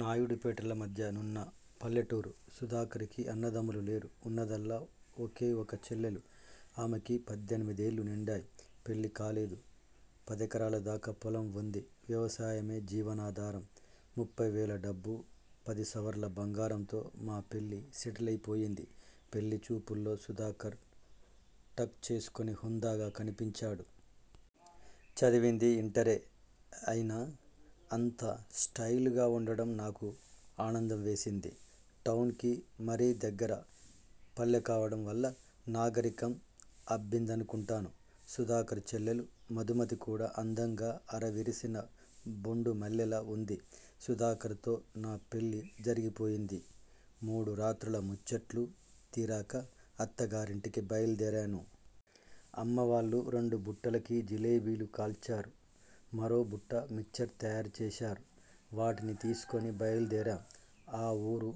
నాయుడుపేటల మధ్య నున్న పల్లెటూరు. సుధాకర్ కి అన్నదమ్ములు లేరు, ఉన్నదల్లా ఒకే ఒక చెల్లెలు ఆమెకి పద్దెనిమిదేళ్ళు నిండాయి. పెళ్ళి కాలేదు. పదెకరాలదాకా పొలం వుంది వ్యవసాయమే జీవనాధారం. ముఫ్ఫైవేల డబ్బూ, పదిసవర్ల బంగారంతో మా పెళ్ళి సెటిలైపోయింది. పెళ్ళిచూపుల్లో సుధాకర్ టక్ చేసుకుని హుందాగా కనిపించాడు. చదివింది ఇంటరే అయినా అంత స్టయిల్ గా వుండడం నాకు ఆనందం వేసింది. టౌన్ కి మరీ దగ్గర పల్లెకావడం వల్ల నాగరికం అబ్బిందనుకుంటాను. సుధాకర్ చెల్లెలు మధుమతి కూడా అందంగా, అరవిరిసిన బొండుమల్లెలా వుంది. సుధాకర్ తో నా పెళ్ళి జరిగిపోయింది. మూడు రాత్రుల ముచ్చట్లు తీరాక- అత్తగారింటికి బయల్దేరాను. అమ్మావాళ్ళు రెండు బుట్టలకి జిలేబీలు కాల్చారు. మరో బుట్ట మిక్చర్ తయారు చేశారు. వాటిని తీసుకుని బయల్దేరాం. ఆ ఊరు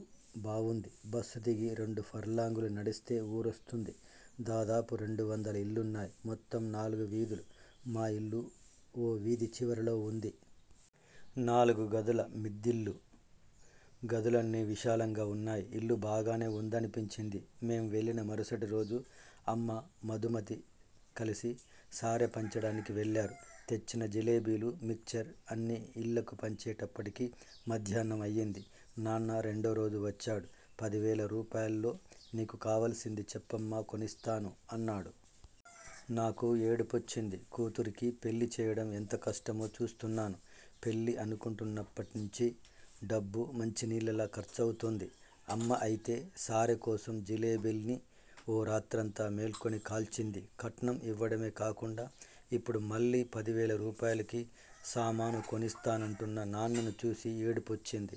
బావుంది. బస్సు దిగి రెండు ఫర్లాంగులు నడిస్తే ఊరొస్తుంది. దాదాపు రెండువందల ఇళ్ళున్నాయి. మొత్తం నాలుగు వీధులు మా ఇల్లు ఓ వీధి చివరలో వుంది. నాలుగు గదుల మిద్దిల్లు గదులన్నీ విశాలంగా వున్నాయి ఇల్లు బాగానే వుందనిపించింది. మేం వెళ్ళిన మరుసటిరోజు అమ్మ మధుమతి కలిసి సారె పంచడానికి వెళ్ళారు. తెచ్చిన జిలేబీలు, మిక్చర్ అన్ని ఇళ్ళకు పంచేటప్పటికి మధ్యాహ్నం అయింది. నాన్న రెండోరోజు వచ్చాడు. 'పదివేల రూపాయల్లో నీకు కావాల్సింది చెప్పమ్మా కొనిస్తాను' అన్నాడు. నాకు ఏడుపొచ్చింది. కూతురికి పెళ్ళి చేయడం ఎంత కష్టమో చూస్తున్నాను. పెళ్ళి అనుకున్నప్పట్నుంచీ డబ్బు మంచినీళ్ళలా ఖర్చవుతోంది. అమ్మ అయితే సారెకోసం జిలేబీల్ని ఓ రాత్రంతా మేల్కొని కాల్చింది. కట్నం ఇవ్వడమే కాకుండా ఇప్పుడు మళ్ళీ పదివేల రూపాయలకి సామాను కొనిస్తానంటున్న నాన్నను చూసి ఏడుపొచ్చింది.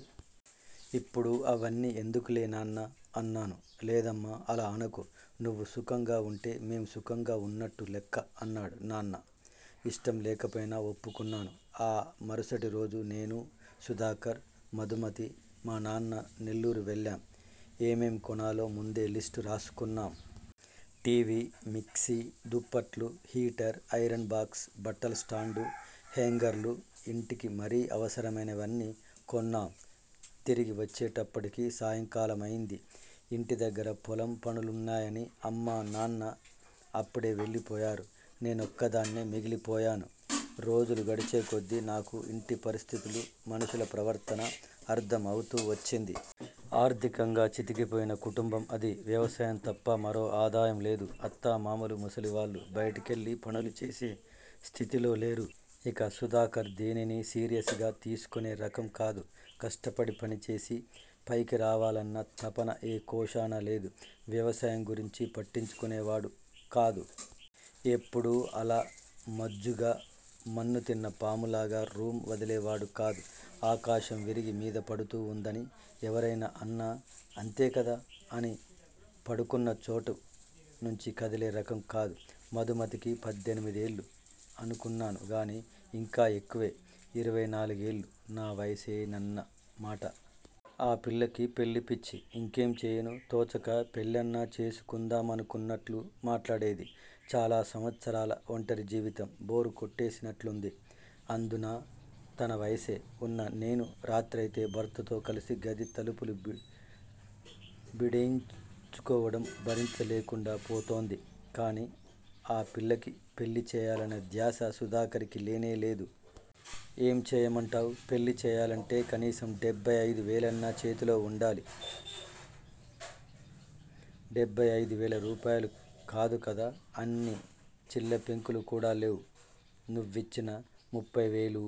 ఇప్పుడు అవన్నీ ఎందుకులే నాన్నా అన్నాను. లేదమ్మా అలా అనకు, నువ్వు సుఖంగా వుంటే మేం సుఖంగా వున్నట్టు లెక్క అన్నాడు నాన్న. ఇష్టం లేకపోయినా ఒప్పుకున్నాను. ఆ మరుసటిరోజు నేనూ, సుధాకర్, మధుమతి, మానాన్న నెల్లూరు వెళ్ళాం. ఏమేం కొనాలో ముందే లిస్టు రాసుకున్నాం. టి. వీ. మిక్సి, దుప్పట్లు, హీటర్, ఐరన్ బాక్స్, బట్టలస్టాండూ, హేంగర్లూ, ఇంటికి మరీ అవసరమైనవన్నీ కొన్నాం తిరిగి వచ్చేటప్పటికి సాయంకాలమైంది. ఇంటి దగ్గర పొలం పనులున్నాయని అమ్మా, నాన్న అప్పుడే వెళ్ళి పోయారు. నేనొక్కదాన్నే మిగిలిపోయాను. రోజులు గడిచేకొద్దీ నాకు ఇంటి పరిస్థితులు, మనుషుల ప్రవర్తన అర్ధం అవుతూ వచ్చింది. ఆర్ధికంగా చితికిపోయిన కుటుంబం అది. వ్యవసాయం తప్ప మరో ఆదాయం లేదు. అత్తామామలు ముసలివాళ్ళు, బయటికెళ్ళి పనులు చేసే స్థితిలో లేరు. ఇక సుధాకర్ దేనినీ సీరియస్ గా తీసుకునే రకం కాదు. కష్టపడి పనిచేసి, పైకి రావాలన్న తపన ఏ కోశానా లేదు. వ్యవసాయం గురించి పట్టించుకునేవాడు కాదు. ఎప్పుడూ అలా మజ్జుగా, మన్ను తిన్న పాములాగా రూమ్ వదిలేవాడు కాదు. ఆకాశం విరిగి మీద పడిపోతూ వుందని ఎవరైనా అన్నా 'అంతేకదా' అని పడుకున్న చోటు నుంచి కదిలే రకం కాదు. మధుమతికి పద్దెనిమిదేళ్ళు అనుకున్నానుగానీ ఇంకా ఎక్కువే. ఇరవై నాలుగేళ్ళు. నా వయసేనన్న మాట. ఆ పిల్లకి పెళ్ళి పిచ్చి. ఇంకేం చేయను తోచక పెళ్ళన్నా చేసుకుందామానుకున్నట్లు మాట్లాడేది. చాలా సంవత్సరాల ఒంటరి జీవితం బోర్ కొట్టేసినట్లుంది. అందునా తన వయసే వున్న నేను రాత్రయితే భర్తతో కలిసి గది తలుపులు బిడించుకోవడం భరించ లేకుండా పోతోంది. కానీ ఆ పిల్లకి పెళ్ళి చేయాలన్న ధ్యాస సుధాకర్ కి లేనేలేదు. ఏం చేయమంటావ్? పెళ్ళి చేయాలంటే కనీసం డెబ్బై అయిదు వేలన్నా చేతిలో వుండాలి. డెబ్బై అయిదువేల రూపాయలు కాదు కదా అన్ని చిల్లపెంకులు కూడా లేవు. నువ్విచ్చిన ముఫ్ఫైవేలూ